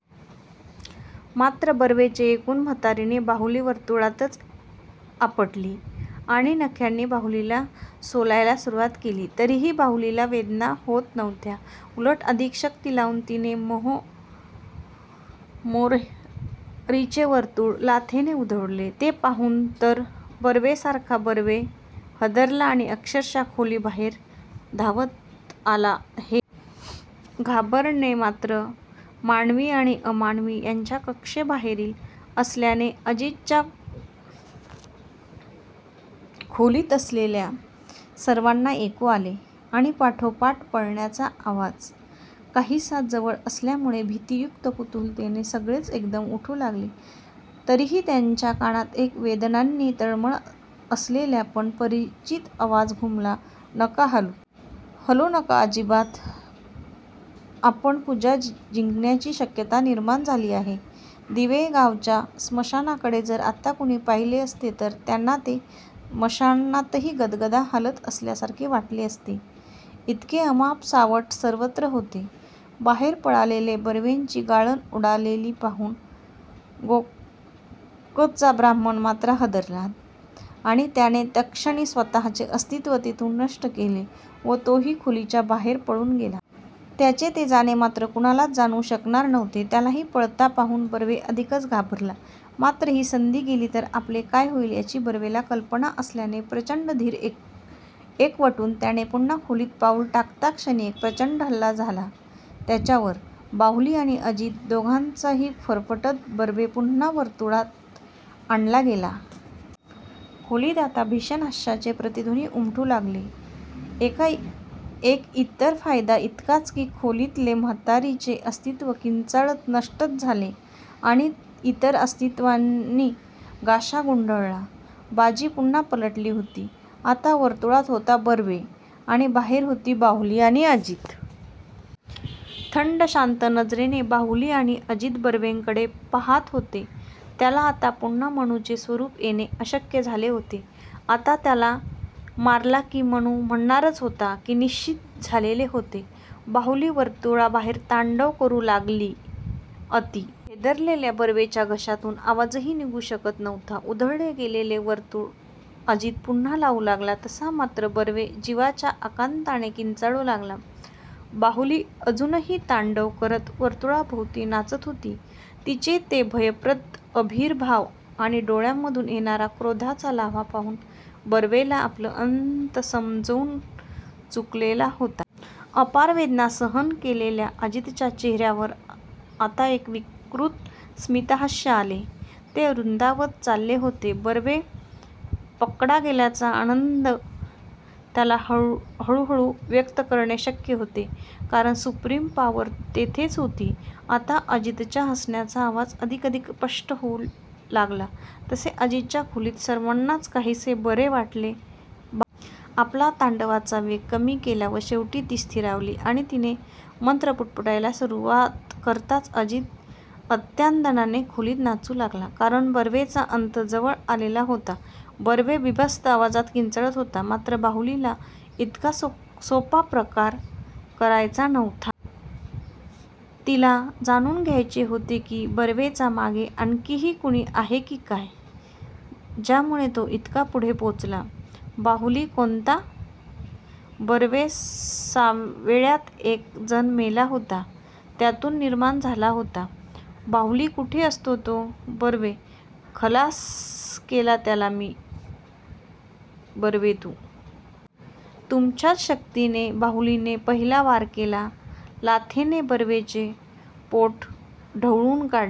मात्र बर्वेचे ऐकून म्हातारीने बाहुली वर्तुळातच आपटली आणि नख्यांनी बाहुलीला सोलायला सुरुवात केली. तरीही बाहुलीला वेदना होत नव्हत्या, उलट अधिक शक्ती लावून तिने मोहरीचे वर्तुळ लाथेने उधळवले. ते पाहून तर बर्वेसारखा बर्वे हादरला आणि अक्षरशः खोलीबाहेर धावत आला.हे घाबरणे मात्र मानवि आणि अमानवी याच्या कक्षेबाहेरील असल्याने अजितच्या खोलीत असलेल्या सर्वांना ऐकू आले आणि पाठोपाठ पळण्याचा आवाज काहीसा जवळ आल्यामुळे भीतीयुक्त कुतुहलाने सगळेच एकदम उठू लागले. तरीही त्यांच्या कानात एक वेदनांनी तळमळत असलेला पण परिचित आवाज घुमला "नका हालू.. हालू नका अजिबात. आपण पूजा जिंकण्याची शक्यता निर्माण झाली आहे. " दिवे गावाच्या स्मशानाकडे जर आत्ता कुणी पाहिले असते तर त्यांना ते स्मशानही गदागदा हालत असल्यासारखे वाटले असते. इतके अमाप सावट सर्वत्र होते. बाहेर पळालेल्या बर्वेची गाळण उडालेली पाहून गोकाकचा ब्राह्मण मात्र हादरला आणि त्याने तत्क्षणी स्वतःचे अस्तित्व तेथून नष्ट केले व तोही खोलीच्या बाहेर पळून गेला. त्याचे ते जाणे मात्र कुणालच जाणवू शकणार नव्हते. त्यालाही पळता पाहून बर्वे अधिकच घाबरला. मात्र ही संधी गेली तर आपले काय होईल याची बर्वेला कल्पना असल्याने प्रचंड धीर एकवटून त्याने पुन्हा खोलीत पाऊल टाकताक्षणीच एक प्रचंड हल्ला झाला त्याच्यावर, बाहुली आणि अजित दोघांचाही, फरफटत बर्वे पुन्हा वर्तुळात आणला गेला.. खोलीत आता भीषण हास्याचे प्रतिध्वनी उमटू लागले. एक इतर फायदा इतकाच की खोलीतले म्हातारीचे अस्तित्व किंचाळत नष्टच झाले आणि इतर अस्तित्वांनी गाशा गुंडाळला. बाजी पुन्हा पलटली होती.आता वर्तुळात होता बर्वे. आणि बाहेर होती बाहुली आणि अजित! थंड! शांत नजरेने बाहुली आणि अजित बर्वेकडे पाहात होते. त्याला आता पुन्हा मनूचे स्वरूप येणे अशक्य झालेले होते. आता त्याला मारला की मनू मरणारच होता. हे निश्चीत झालेले होते.. बाहुली वर्तुळाबाहेर तांडव करू लागली. अती भेदरलेल्या बर्वेच्या घशातून आवाजही निघू शकत नव्हता. उधळले गेलेले वर्तुळ अजित पुन्हा लावू लागला तसा मात्र बर्वे जिवाच्या आकांताने किंचाळू लागला. बाहुली अजूनही तांडव करत वर्तुळाभोवती नाचत होती.तिचे ते भयप्रद आविर्भाव आणि डोळ्यांमधून येणार क्रोधाचा लाव्हा पाहून बर्वेला आपला अंत समजून चुकलेला होता.. अपार वेदना सहन केलेल्या अजितच्या चेहर्यावर आता एक विकृत स्मितहास्य आले, ते रुंदावत चालले होते.बर्वे पक्डला गेल्याचा आनंद त्याला हळूहळूच व्यक्त करणे शक्य होते.. कारण सुप्रीम पॉवर तेथेच होती. आता अजितच्या हसण्याचा आवाज अधिकाधिक स्पष्ट होऊ लागला तसे अजितच्या खोलीत सर्वांनाच काहीसे बरे वाटले. बाहुलीने आपला तांडवाचा वेग कमी केला व शेवटी ती स्थिरावली आणि तिने मंत्र पुटपुटायला सुरुवात करताच अजित अत्यानंदाने खोलीत नाचू लागला.. कारण बर्वेचा अंत जवळ आलेला होता. बर्वे बीभत्स आवाजात किंचाळत होता.. मात्र बाहुलीला इतका सोपा प्रकार करायचा नव्हता. तिला जाणून घ्यायचे होते की बर्वेचा मागे आणखीही कुणी आहे की काय ज्यामुळे तो इतका पुढे पोचला. बाहुली कोणता? बर्वे सावेळ्यात एक जण मेला होता. त्याच्यातून निर्माण झाला होता. बाहुली कुठे असतो तो? बर्वे खलास केला त्याला मी, बर्वे तु. तुमच्याच शक्तीने. बाहुलीने पहिला वार केला. लाथेने बर्वेचे पोट ढवळून काढले.